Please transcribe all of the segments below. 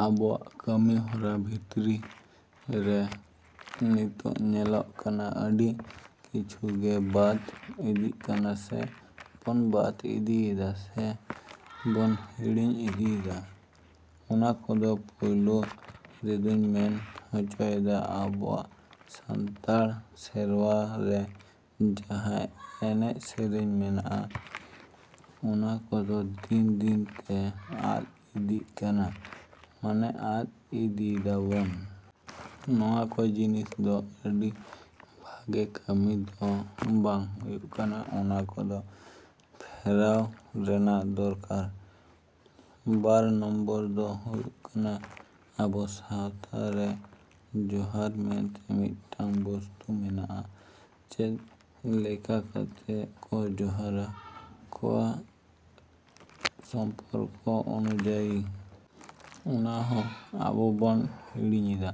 ᱟᱵᱚᱣᱟᱜ ᱠᱟᱹᱢᱤᱦᱚᱨᱟ ᱵᱷᱤᱛᱨᱤ ᱨᱮ ᱱᱤᱛᱚᱜ ᱧᱮᱞᱚᱜᱚᱜ ᱠᱟᱱᱟ ᱟᱹᱰᱤ ᱠᱤᱪᱷᱩ ᱜᱮ ᱵᱟᱫᱽ ᱤᱫᱤᱜ ᱠᱟᱱᱟ, ᱥᱮ ᱵᱚᱱ ᱵᱟᱫᱽ ᱤᱫᱤᱭᱮᱫᱟ ᱥᱮ ᱵᱚᱱ ᱦᱤᱲᱤᱧ ᱤᱫᱤᱭᱮᱫᱟ᱾ ᱚᱱᱟ ᱠᱚᱫᱚ ᱯᱚᱭᱞᱚ ᱨᱮᱫᱩᱧ ᱢᱮᱱ ᱦᱚᱪᱚᱭᱮᱫᱟ ᱟᱵᱚᱣᱟᱜ ᱥᱟᱱᱛᱟᱲ ᱥᱮᱨᱣᱟ ᱨᱮ ᱡᱟᱦᱟᱸ ᱮᱱᱮᱡ ᱥᱮᱨᱮᱧ ᱢᱮᱱᱟᱜᱼᱟ ᱚᱱᱟ ᱠᱚᱫᱚ ᱫᱤᱱ ᱫᱤᱱ ᱛᱮ ᱟᱫᱽ ᱤᱫᱤᱜ ᱠᱟᱱᱟ, ᱢᱟᱱᱮ ᱟᱫᱽ ᱤᱫᱤᱭᱮᱫᱟ ᱵᱚᱱ᱾ ᱱᱚᱣᱟ ᱠᱚ ᱡᱤᱱᱤᱥ ᱫᱚ ᱟᱹᱰᱤ ᱵᱷᱟᱜᱮ ᱠᱟᱹᱢᱤ ᱫᱚ ᱵᱟᱝ ᱦᱩᱭᱩᱜ ᱠᱟᱱᱟ, ᱚᱱᱟ ᱠᱚᱫᱚ ᱯᱷᱮᱨᱟᱣ ᱨᱮᱱᱟᱜ ᱫᱚᱨᱠᱟᱨ᱾ ᱵᱟᱨ ᱱᱚᱢᱵᱚᱨ ᱫᱚ ᱦᱩᱭᱩᱜ ᱠᱟᱱᱟ ᱟᱵᱚ ᱥᱟᱶᱛᱟ ᱨᱮ ᱡᱚᱦᱟᱨ ᱢᱮᱱᱛᱮ ᱢᱤᱫᱴᱟᱹᱝ ᱵᱚᱥᱛᱩ ᱢᱮᱱᱟᱜᱼᱟ ᱪᱮᱫ ᱞᱮᱠᱟ ᱠᱟᱛᱮᱫ ᱠᱚ ᱡᱚᱦᱟᱨᱟ ᱠᱚᱣᱟ ᱥᱚᱢᱯᱚᱨᱠᱚ ᱚᱱᱩᱡᱟᱭᱤ᱾ ᱚᱱᱟ ᱦᱚᱸ ᱟᱵᱚ ᱵᱚᱱ ᱦᱤᱲᱤᱧᱮᱫᱟ᱾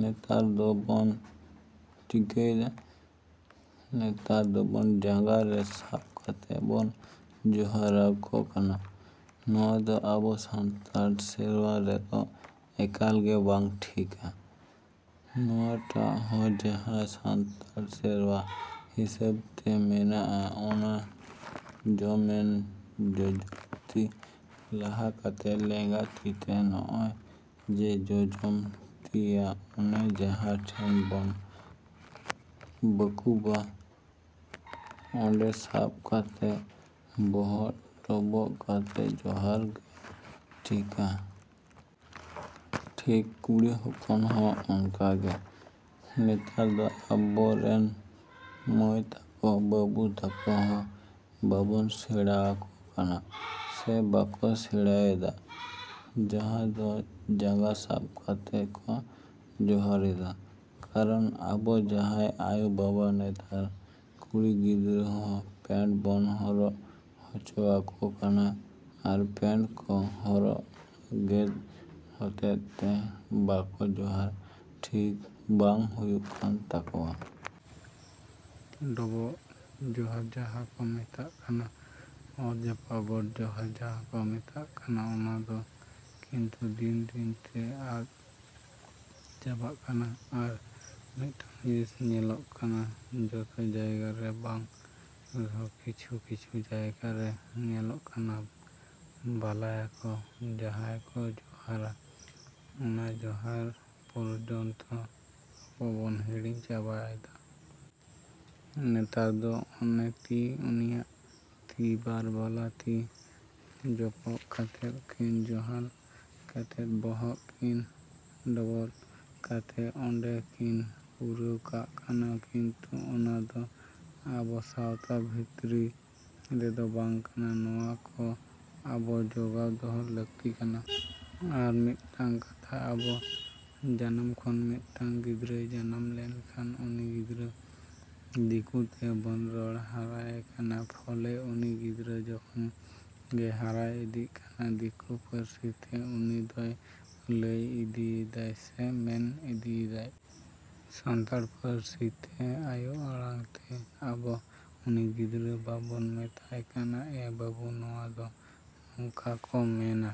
ᱱᱮᱛᱟᱨ ᱫᱚ ᱵᱚᱱ ᱪᱤᱠᱟᱹᱭᱮᱫᱟ? ᱱᱮᱛᱟᱨ ᱫᱚ ᱵᱚᱱ ᱡᱟᱸᱜᱟ ᱨᱮ ᱥᱟᱵᱽ ᱠᱟᱛᱮᱫ ᱵᱚᱱ ᱡᱚᱦᱟᱨᱟ ᱠᱚ ᱠᱟᱱᱟ᱾ ᱱᱚᱣᱟ ᱫᱚ ᱟᱵᱚ ᱥᱟᱱᱛᱟᱲ ᱥᱮᱨᱣᱟ ᱨᱮᱫᱚ ᱮᱠᱟᱞ ᱜᱮ ᱵᱟᱝ ᱴᱷᱤᱠᱟᱹ᱾ ᱱᱚᱣᱟ ᱴᱟᱜ ᱦᱚᱸ ᱡᱟᱦᱟᱸ ᱥᱟᱱᱛᱟᱲ ᱥᱮᱨᱣᱟ ᱦᱤᱥᱟᱹᱵᱽ ᱛᱮ ᱢᱮᱱᱟᱜᱼᱟ ᱚᱱᱟ ᱡᱮᱢᱚᱱ ᱡᱚᱡᱚᱢ ᱛᱤ ᱞᱟᱦᱟ ᱠᱟᱛᱮᱫ ᱞᱮᱸᱜᱟ ᱛᱤᱛᱮ ᱱᱚᱜᱼᱚᱭ ᱡᱟ ᱡᱚᱡᱚᱢ ᱛᱤᱭᱟᱜ ᱚᱱᱮ ᱡᱟᱦᱟᱸ ᱴᱷᱮᱱ ᱵᱚᱱ ᱵᱟᱹᱠᱩᱵᱟ ᱚᱸᱰᱮ ᱥᱟᱵᱽ ᱠᱟᱛᱮᱫ ᱵᱚᱦᱚᱜ ᱰᱚᱵᱚᱜ ᱠᱟᱛᱮᱫ ᱡᱚᱦᱟᱨ ᱜᱮ ᱴᱷᱤᱠᱟᱹ᱾ ᱴᱷᱤᱠ ᱠᱩᱲᱤ ᱦᱚᱯᱚᱱ ᱦᱚᱸ ᱚᱱᱠᱟ ᱜᱮ᱾ ᱱᱮᱛᱟᱨ ᱫᱚ ᱟᱵᱚ ᱨᱤᱱ ᱢᱟᱹᱭ ᱛᱟᱠᱚ, ᱵᱟᱹᱵᱩ ᱛᱟᱠᱚ ᱦᱚᱸ ᱵᱟᱵᱚᱱ ᱥᱮᱬᱟᱣᱟᱠᱚ ᱠᱟᱱᱟ ᱥᱮ ᱵᱟᱠᱚ ᱥᱮᱬᱟᱭᱮᱫᱟ ᱡᱟᱦᱟᱸ ᱫᱚ ᱡᱟᱸᱜᱟ ᱥᱟᱵᱽ ᱠᱟᱛᱮᱫ ᱠᱚ ᱡᱚᱦᱟᱨᱮᱫᱟ᱾ ᱠᱟᱨᱚᱱ ᱟᱵᱚ ᱡᱟᱦᱟᱸᱭ ᱟᱭᱳᱼᱵᱟᱵᱟ ᱱᱮᱛᱟᱨ ᱠᱩᱲᱤ ᱜᱤᱫᱽᱨᱟᱹ ᱦᱚᱸ ᱯᱮᱱᱴ ᱵᱚᱱ ᱦᱚᱨᱚᱜ ᱦᱚᱪᱚᱣᱟᱠᱚ ᱠᱟᱱᱟ ᱟᱨ ᱯᱮᱱᱴ ᱠᱚ ᱦᱚᱨᱚᱜᱮᱫ ᱦᱚᱛᱮᱫ ᱛᱮ ᱵᱟᱠᱚ ᱡᱚᱦᱟᱨ ᱴᱷᱤᱠ ᱵᱟᱝ ᱦᱩᱭᱩᱜ ᱠᱟᱱ ᱛᱟᱠᱚᱣᱟ᱾ ᱰᱚᱵᱚᱜ ᱡᱚᱦᱟᱨ ᱡᱟᱦᱟᱸ ᱠᱚ ᱢᱮᱛᱟᱜ ᱠᱟᱱᱟ, ᱚᱛ ᱡᱟᱯᱟᱜ ᱜᱚᱰ ᱡᱚᱦᱟᱨ ᱡᱟᱦᱟᱸ ᱠᱚ ᱢᱮᱛᱟᱜ ᱠᱟᱱᱟ ᱚᱱᱟ ᱫᱚ ᱠᱤᱱᱛᱩ ᱫᱤᱱ ᱫᱤᱱ ᱛᱮ ᱟᱫᱽ ᱪᱟᱵᱟᱜ ᱠᱟᱱᱟ᱾ ᱟᱨ ᱢᱤᱫᱴᱟᱹᱝ ᱡᱤᱱᱤᱥ ᱧᱮᱞᱚᱜ ᱠᱟᱱᱟ ᱡᱚᱛᱚ ᱡᱟᱭᱜᱟ ᱨᱮ ᱵᱟᱝ ᱨᱮᱦᱚᱸ ᱠᱤᱪᱷᱩ ᱠᱤᱪᱷᱩ ᱡᱟᱭᱜᱟ ᱨᱮ ᱧᱮᱞᱚᱜ ᱠᱟᱱᱟ ᱵᱟᱞᱟᱭᱟ ᱠᱚ ᱡᱟᱦᱟᱸᱭ ᱠᱚ ᱡᱚᱦᱟᱨᱟ ᱚᱱᱟ ᱡᱚᱦᱟᱨ ᱯᱚᱨᱡᱚᱱᱛᱚ ᱟᱵᱚ ᱵᱚᱱ ᱦᱤᱲᱤᱧ ᱪᱟᱵᱟᱭᱮᱫᱟ᱾ ᱱᱮᱛᱟᱨ ᱫᱚ ᱚᱱᱮ ᱛᱤ ᱩᱱᱤᱭᱟᱜ ᱛᱤ ᱵᱟᱨ ᱵᱟᱞᱟ ᱛᱤ ᱡᱚᱯᱚᱜ ᱠᱟᱛᱮᱫ ᱠᱤᱱ ᱡᱚᱦᱟᱨ ᱠᱟᱛᱮᱫ ᱵᱚᱦᱚᱜ ᱠᱤᱱ ᱰᱚᱵᱚᱜ ᱠᱟᱛᱮᱫ ᱚᱸᱰᱮ ᱠᱤᱱ ᱯᱩᱨᱟᱹᱣ ᱠᱟᱜ ᱠᱟᱱᱟ᱾ ᱠᱤᱱᱛᱩ ᱚᱱᱟ ᱫᱚ ᱟᱵᱚ ᱥᱟᱶᱛᱟ ᱵᱷᱤᱛᱨᱤ ᱨᱮᱫᱚ ᱵᱟᱝ ᱠᱟᱱᱟ᱾ ᱱᱚᱣᱟ ᱠᱚ ᱟᱵᱚ ᱡᱚᱜᱟᱣ ᱫᱚᱦᱚ ᱞᱟᱹᱠᱛᱤ ᱠᱟᱱᱟ᱾ ᱟᱨ ᱢᱤᱫᱴᱟᱹᱝ ᱠᱟᱛᱷᱟ ᱟᱵᱚ ᱡᱟᱱᱟᱢ ᱠᱷᱚᱱ ᱢᱤᱫᱴᱟᱹᱝ ᱜᱤᱫᱽᱨᱟᱹᱭ ᱡᱟᱱᱟᱢ ᱞᱮᱱᱠᱷᱟᱱ ᱩᱱᱤ ᱜᱤᱫᱽᱨᱟᱹ ᱫᱤᱠᱩ ᱛᱮ ᱵᱚᱱ ᱨᱚᱲ ᱦᱟᱨᱟᱭᱮ ᱠᱟᱱᱟ᱾ ᱯᱷᱚᱞᱮ ᱩᱱᱤ ᱜᱤᱫᱽᱨᱟᱹ ᱡᱚᱠᱷᱚᱱ ᱜᱮᱭ ᱦᱟᱨᱟ ᱤᱫᱤᱜ ᱠᱟᱱᱟ ᱫᱤᱠᱩ ᱯᱟᱹᱨᱥᱤ ᱛᱮ ᱩᱱᱤ ᱫᱚᱭ ᱞᱟᱹᱭ ᱤᱫᱤᱭᱮᱫᱟᱭ ᱥᱮ ᱢᱮᱱ ᱤᱫᱤᱭᱮᱫᱟᱭ᱾ ᱥᱟᱱᱛᱟᱲ ᱯᱟᱹᱨᱥᱤ ᱛᱮ ᱟᱭᱳ ᱟᱲᱟᱝ ᱛᱮ ᱟᱵᱚ ᱩᱱᱤ ᱜᱤᱫᱽᱨᱟᱹ ᱵᱟᱵᱚᱱ ᱢᱮᱛᱟᱭ ᱠᱟᱱᱟ ᱮ ᱵᱟᱹᱵᱩ ᱱᱚᱣᱟ ᱫᱚ ᱱᱚᱝᱠᱟ ᱠᱚ ᱢᱮᱱᱟ᱾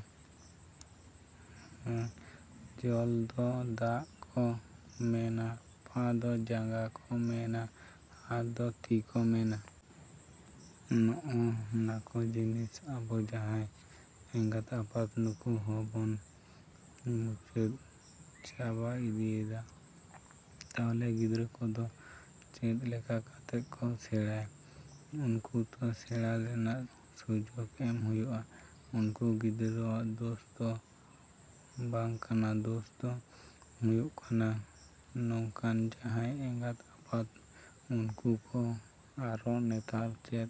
ᱦᱮᱸ ᱡᱚᱞ ᱫᱚ ᱫᱟᱜ ᱠᱚ ᱢᱮᱱᱟ, ᱯᱟ ᱫᱚ ᱡᱟᱸᱜᱟ ᱠᱚ ᱢᱮᱱᱟ, ᱦᱟᱛ ᱫᱚ ᱛᱤ ᱠᱚ ᱢᱮᱱᱟ᱾ ᱱᱚᱜᱼᱚ ᱱᱟᱠᱚ ᱡᱤᱱᱤᱥ ᱟᱵᱚ ᱡᱟᱦᱟᱸᱭ ᱮᱸᱜᱟᱛᱼᱟᱯᱟᱛ ᱩᱱᱠᱩ ᱦᱚᱸ ᱵᱚᱱ ᱢᱩᱪᱟᱹᱫ ᱪᱟᱵᱟ ᱤᱫᱤᱭᱮᱫᱟ᱾ ᱛᱟᱦᱞᱮ ᱜᱤᱫᱽᱨᱟᱹ ᱠᱚᱫᱚ ᱪᱮᱫ ᱞᱮᱠᱟ ᱠᱟᱛᱮᱫ ᱠᱚ ᱥᱮᱬᱟᱭᱟ? ᱩᱱᱠᱩ ᱛᱚ ᱥᱮᱬᱟ ᱨᱮᱱᱟᱜ ᱥᱩᱡᱚᱜᱽ ᱮᱢ ᱦᱩᱭᱩᱜᱼᱟ᱾ ᱩᱱᱠᱩ ᱜᱤᱫᱽᱨᱟᱹᱣᱟᱜ ᱫᱚᱥ ᱛᱚ ᱵᱟᱝ ᱠᱟᱱᱟ, ᱫᱚᱥ ᱫᱚ ᱦᱩᱭᱩᱜ ᱠᱟᱱᱟ ᱱᱚᱝᱠᱟᱱ ᱡᱟᱦᱟᱸᱭ ᱮᱸᱜᱟᱛᱼᱟᱯᱟᱛ ᱩᱱᱠᱩ ᱠᱚ᱾ ᱟᱨᱚ ᱱᱮᱛᱟᱨ ᱪᱮᱫ᱾